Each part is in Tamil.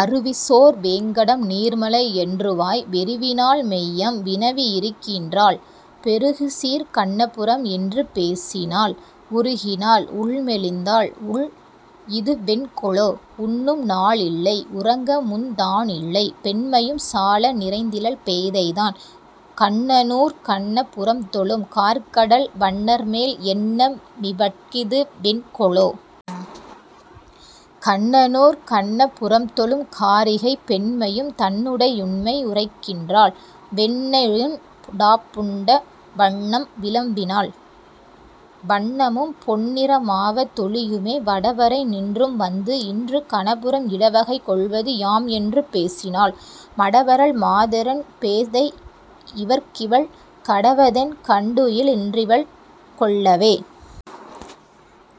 அருவிசோர் வேங்கடம் நீர்மலை என்றுவாய் வெருவினாள் மெய்யம் வினவி யிருக்கின்றாள், பெருகுசீர்க் கண்ண புரம் என்று பேசினாள் உருகினாள், உள்மெலிந் தாள் இது வென்கொலோ.. உண்ணும்நா ளில்லை உறக்கமுந் தானில்லை, பெண்மையும் சால நிறைந்திலள் பேதைதான், கண்ணனூர் கண்ண புரம்தொழும் கார்க்கடல் வண்ணர்மேல், எண்ண மிவட்கிது வென்கொலோ.. கண்ணனூர் கண்ண புரம்தொழும் காரிகை, பெண்மையும் தன்னுடை யுண்மை யுரைக்கின்றாள், வெண்ணெயுண் டாப்புண்ட வண்ணம் விளம்பினாள், வண்ணமும் பொன்னிற மாவ தொழியுமே.. வடவரை நின்றும்வந்து இன்று கணபுரம், இடவகை கொள்வது யாம் என்று பேசினாள், மடவரல் மாதரென் பேதை யிவர்க்கிவள் கடவதென், கண்டுயி லின்றிவர் கொள்ளவே..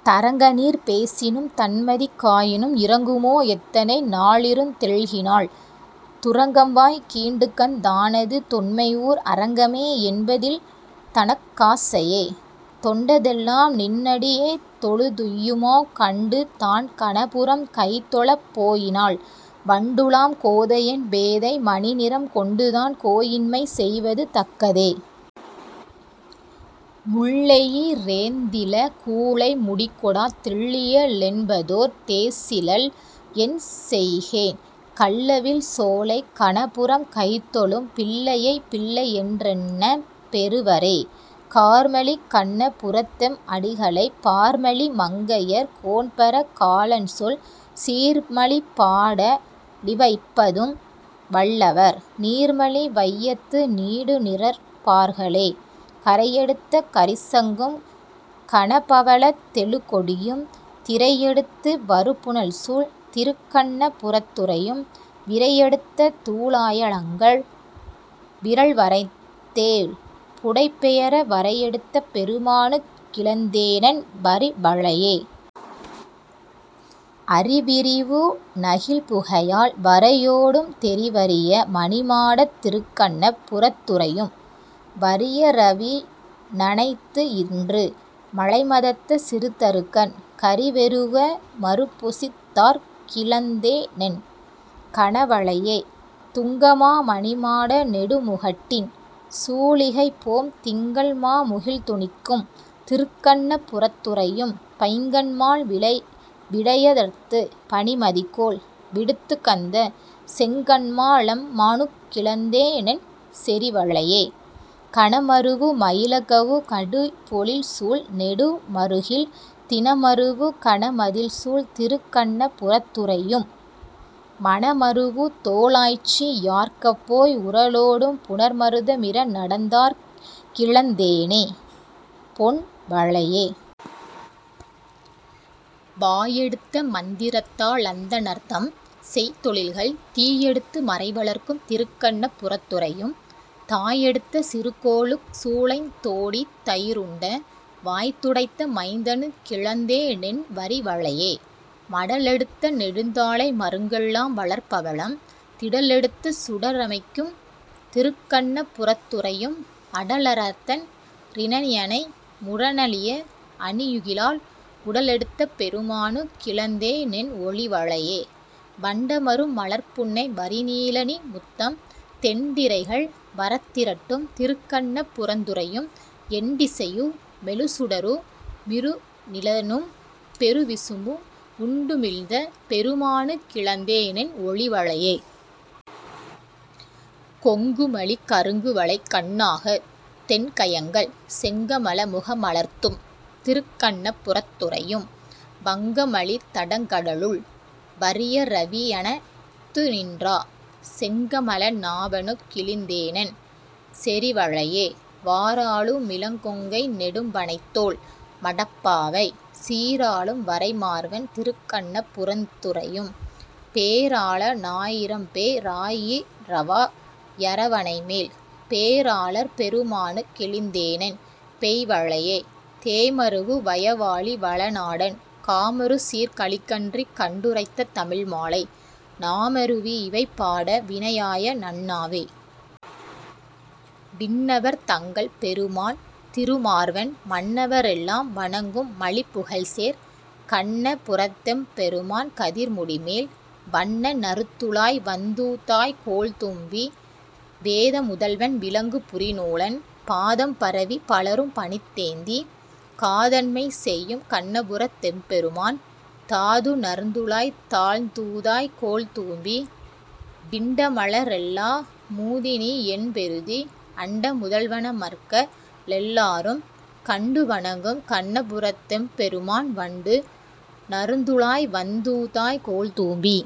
தரங்கநீர் பேசினும் தண்மதி காயினும், இரங்குமோ எத்தனை நாளிருந் தெள்கினாள் துரங்கம்வாய் கீண்டுகந் தானது தொன்மை ஊர் அரங்கமே என்பதில் தனக் காசையே.. தொண்டதெல்லாம் நின்னடி யேதொழு துய்யுமா கண்டு, தான் கணபுரம் கைதொழப் போயினாள் வண்டுலாம் கோதையென் பேதை மணிநிறம் கொண்டுதான், கோயின்மை செய்வது தக்கதே?. முள்ளெயி றேய்ந்தில, கூழை முடிகொடா, தெள்ளிய ளென்பதோர் தேசிலள் என்செய்கேன், கள்ளவிழ் சோலைக் கணபுரம் கைதொழும் பிள்ளையை, பிள்ளையென் றெண்ணப் பெறுவரே?. கார்மலி கண்ண புரத்தெம் அடிகளை, பார்மலி மங்கையர் கோன்பர காலன்சொல், சீர்மலி பாட லிவைபத்தும் வல்லவர், நீர்மலி வையத்து நீடுநிற் பார்களே. கரையெடுத்த சுரிசங்கும் கனபவளத் தெழுகொடியும், திரையெடுத்து வருபுனல்சூழ் திருக்கண்ண புரத்துறையும், விரையெடுத்த துழாயலங்கல் விறல்வரைத்தோள் புடைபெயர வரையெடுத்த பெருமானுக் கிழந்தேனென் வரிவளையே.. அரிவிரவு னகில்புகையால் வரையோடும் தெரிவரிய மணிமாடத் திருக்கண்ண புரத்துறையும், வரியரவி னணைத்துயின்று மழைமதத்த சிறுதறுகண், கரிவெருவ மருப்பொசித்தாற் கிழந்தேனென் கனவளையே.. துங்கமா மணிமாட நெடுமுகட்டின் சூலிகைபோம் திங்கள்மா முகில்துணிக்கும் திருக்கண்ண புரத்துறையும் பைங்கண்மால் விடையடர்த்துப் பனிமதிகோள் விடுத்துகந்த செங்கண்மா லம்மானுக் கிழந்தேனென் செறிவளையே.. கணமருவு மயிலகவு கடிபொழில்சூழ் நெடுமறுகில், திணமருவு கனமதிள்சூழ் திருக்கண்ண புரத்துறையும், மணமருவு தோளாய்ச்சி யார்க்கப்போய் உரலோடும் புணர்மருத மிறநடந்தாற் கிழந்தேனெ பொன்வளையே.. வாயெடுத்த மந்திரத்தா லந்தணர்தம் செய்தொழில்கள் தீயெடுத்து மறைவளர்க்கும் திருக்கண்ண புரத்துறையும் தாயெடுத்த சிறுகோலுக் குளைந்தோடித் தயிருண்ட, வாய்துடைத்த மைந்தனுக் கிழந்தேனென் வரிவளையே.. மடலெடுத்த நெடுந்தாழை மருங்கெல்லாம் வளர்பவளம், திடலெடுத்துச் சுடரிமைக்கும் திருக்கண்ண புரத்துறையும், அடலடர்த்தன் றிரணியனை முரணழிய அணியுகிரால், உடலெடுத்த பெருமானுக் கிழந்தேனென் ஒளிவளையே.. வண்டமரும் மலர்ப்புன்னை வரிநீழ லணிமுத்தம், தெண்டிரைகள் வரத்திரட்டும் திருக்கண்ண புரத்துறையும், எண்டிசையு மெழுசுடரு மிருநிலனும் பெருவிசும்பும், உண்டுமிழ்ந்த பெருமானுக் கிழந்தேனென் ஒளிவளையே.. கொங்குமலி கருங்குவளை கண்ணாக தெண்கயங்கள் செங்கமல முகமலர்த்தும் திருக்கண்ண புரத்துறையும், வங்கமலி தடங்கடலுள் வரியரவி னணைத்துயின்றா, செங்கமல நாபனுக் கிழந்தேனென் செறிவளையே.. வாராளு மிளங்கொங்கை நெடும்பணைத்தோள் மடப்பாவை, சீராளும் வரைமார்வன் திருக்கண்ண புரத்துறையும், பேராள னாயிரம்பே ராயிரவா யரவணைமேல் பேராளர் பெருமானுக் கிழந்தேனென் பெய்வளையே.. தேமருவு பொழில்புடைசூழ் திருக்கண்ண புரத்துறையும் வாமனனை, மறிகடல்சூழ் வயலாலி வளநாடன், காமருசீர்க் கலிகன்றி கண்டுரைத்த தமிழ்மாலை, நாமருவி யிவைபாட வினையாய நண்ணாவே. விண்ணவர் தங்கள் பெருமான் திருமார்வன், மண்ணவ ரெல்லாம் வணங்கும் மலிபுகழ்சேர், கண்ண புரத்தெம் பெருமான் கதிர்முடிமேல், வண்ண நறுந்துழாய் வந்தூதாய் கோல்தும்பீ.. வேத முதல்வன் விளங்கு புரிநூலன், பாதம் பரவிப் பலரும் பணிந்தேத்தி, காதன்மை செய்யும் கண்ணபுரத் தெம்பெருமான், தாது நறுந்துழாய் தாழ்ந்தூதாய் கோல்தும்பீ.. விண்டமல ரெல்லா மூதிநீ யென்பெறுதி, அண்ட முதல்வ னமரர்க ளெல்லாரும், கண்டு வணங்கும் கண்ணபுரத் தெம்பெருமான் வண்டு நறுந்துழாய் வந்தூதாய் கோல்தும்பீ..